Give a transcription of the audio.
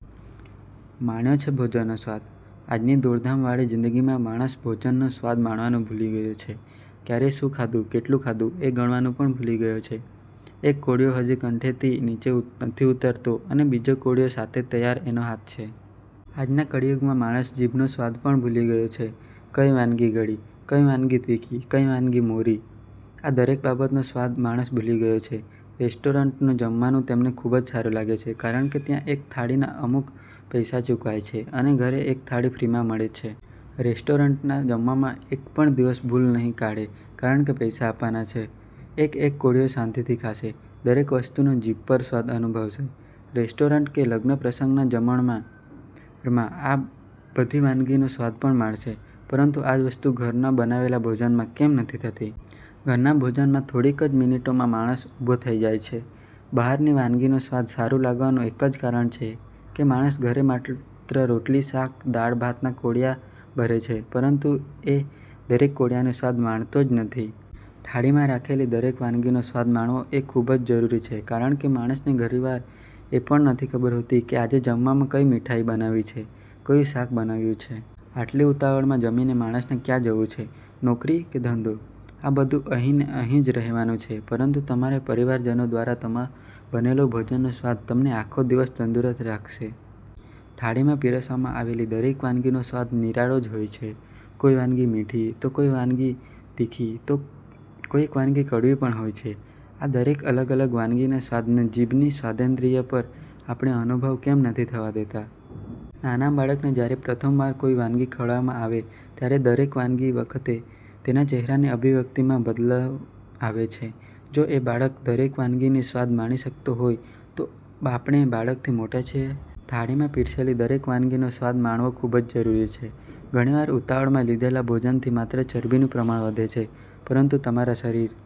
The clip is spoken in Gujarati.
માણ્યો છે ભોજન નો સ્વાદ? આજ ની દોડધામ વાળી જિંદગી માં માણસ ભોજન નો સ્વાદ માણવાનું ભૂલી ગયો છે, ક્યારે શું ખાધું? કેટલું ખાધું? એ ગણવાનું પણ ભૂલી ગયો છે, એક કોળિયો હજી કંઠે થી નીચે નથી ઉતરતો અને બીજા કોળિયા સાથે તૈયાર એનો હાથ છે. આજ ના કળિયુગ માં માણસ જીભ નો સ્વાદ પણ ભૂલી ગયો છે. કઈ વાનગી ગળી? કઈ વાનગી તીખી? કઈ વાનગી મોરી? આ દરેક બાબત નો સ્વાદ માણસ ભૂલી ગયો છે. રેસ્ટોરન્ટ નું જમવાનું તેમને ખુબ જ સારું લાગે છે, કારણ કે ત્યાં એક થાળી ના અમુક પૈસા ચૂકવાય છે અને ઘરે એક થાળી ફ્રી માં મળે છે. રેસ્ટોરન્ટ ના જમવામાં એક પણ દિવસ ભૂલ નહિ કાઢે કારણકે પૈસા આપવાના છે, એક એક કોળિયો શાંતિ થી ખાશે, દરેક વસ્તુ નો જીભ પર સ્વાદ અનુભવશે. રેસ્ટોરન્ટ કે લગ્ન પ્રસંગ ના જમણવાર માં બધી વાનગી નો સ્વાદ માણશે, પરંતુ આ જ વસ્તુ ઘર ના બનાવેલા ભોજન માં કેમ નથી થતી? ઘર ના ભોજન માં થોડીક જ મિનિટો માં માણસ ઉભો થઇ જાય છે. બહાર ની વાનગી નો સ્વાદ સારું લાગવાનું એક જ કારણ છે કે માણસ ઘરે માત્ર રોટલી શાક દાળ ભાત ના કોળિયા ભરે છે પરંતુ એ દરેક કોળિયા નો સ્વાદ તો માણતો જ નથી. થાળી માં રાખેલી દરેક વાનગી નો સ્વાદ માણવો એ ખુબ જ જરૂરી છે કારણ કે માણસને ઘણી વાર એ પણ નથી ખબર હોતી આજે જમવામાં કઈ મીઠાઈ બનાવી છે? કયું શાક બનાવ્યું છે? આટલી ઉતાવળ માં જમીને માણસ ને ક્યાં જવું છે? નોકરી કે ધંધો? આ બધું અહીં ને અહીં જ રહેવાનું છે પરંતુ તમારા પરિવાર જનો દ્વારા બનેલા ભોજનનો સ્વાદ તમને આખો દિવસ તંદુરસ્ત રાખશે.. થાળી માં પીરસવામાં આવેલી દરેક વાનગી નો સ્વાદ નિરાળો જ હોય છે, કોઈ વાનગી મીઠી, તો કોઈક વાનગી તીખી તો કોઈક વાનગી કડવી પણ હોય છે. આ દરેક અલગ અલગ વાનગી ના સ્વાદ ને જીભ ની સ્વાદેન્દ્રિય પર આપણે અનુભવ કેમ નથી થવા દેતા? નાના બાળક ને જયારે પ્રથમ વાર કોઈ વાનગી ખવડાવામાં આવે ત્યારે દરેક વાનગી વખતે તેના ચેહરા ની અભિવ્યક્તિ માં બદલાવ આવે છે, જો એ બાળક દરેક વાનગી નો સ્વાદ માણી શકતો હોય, તો આપણે બાળક થી મોટા છીએ? થાળી માં પીરસેલી દરેક વાનગી નો સ્વાદ માણવો ખુબ જ જરૂરી છે. ઘણી વાર ઉતાવળ માં લીધેલા ભોજન થી માત્ર ચરબી નું પ્રમાણ વધે છે પરંતુ તમારા શરીર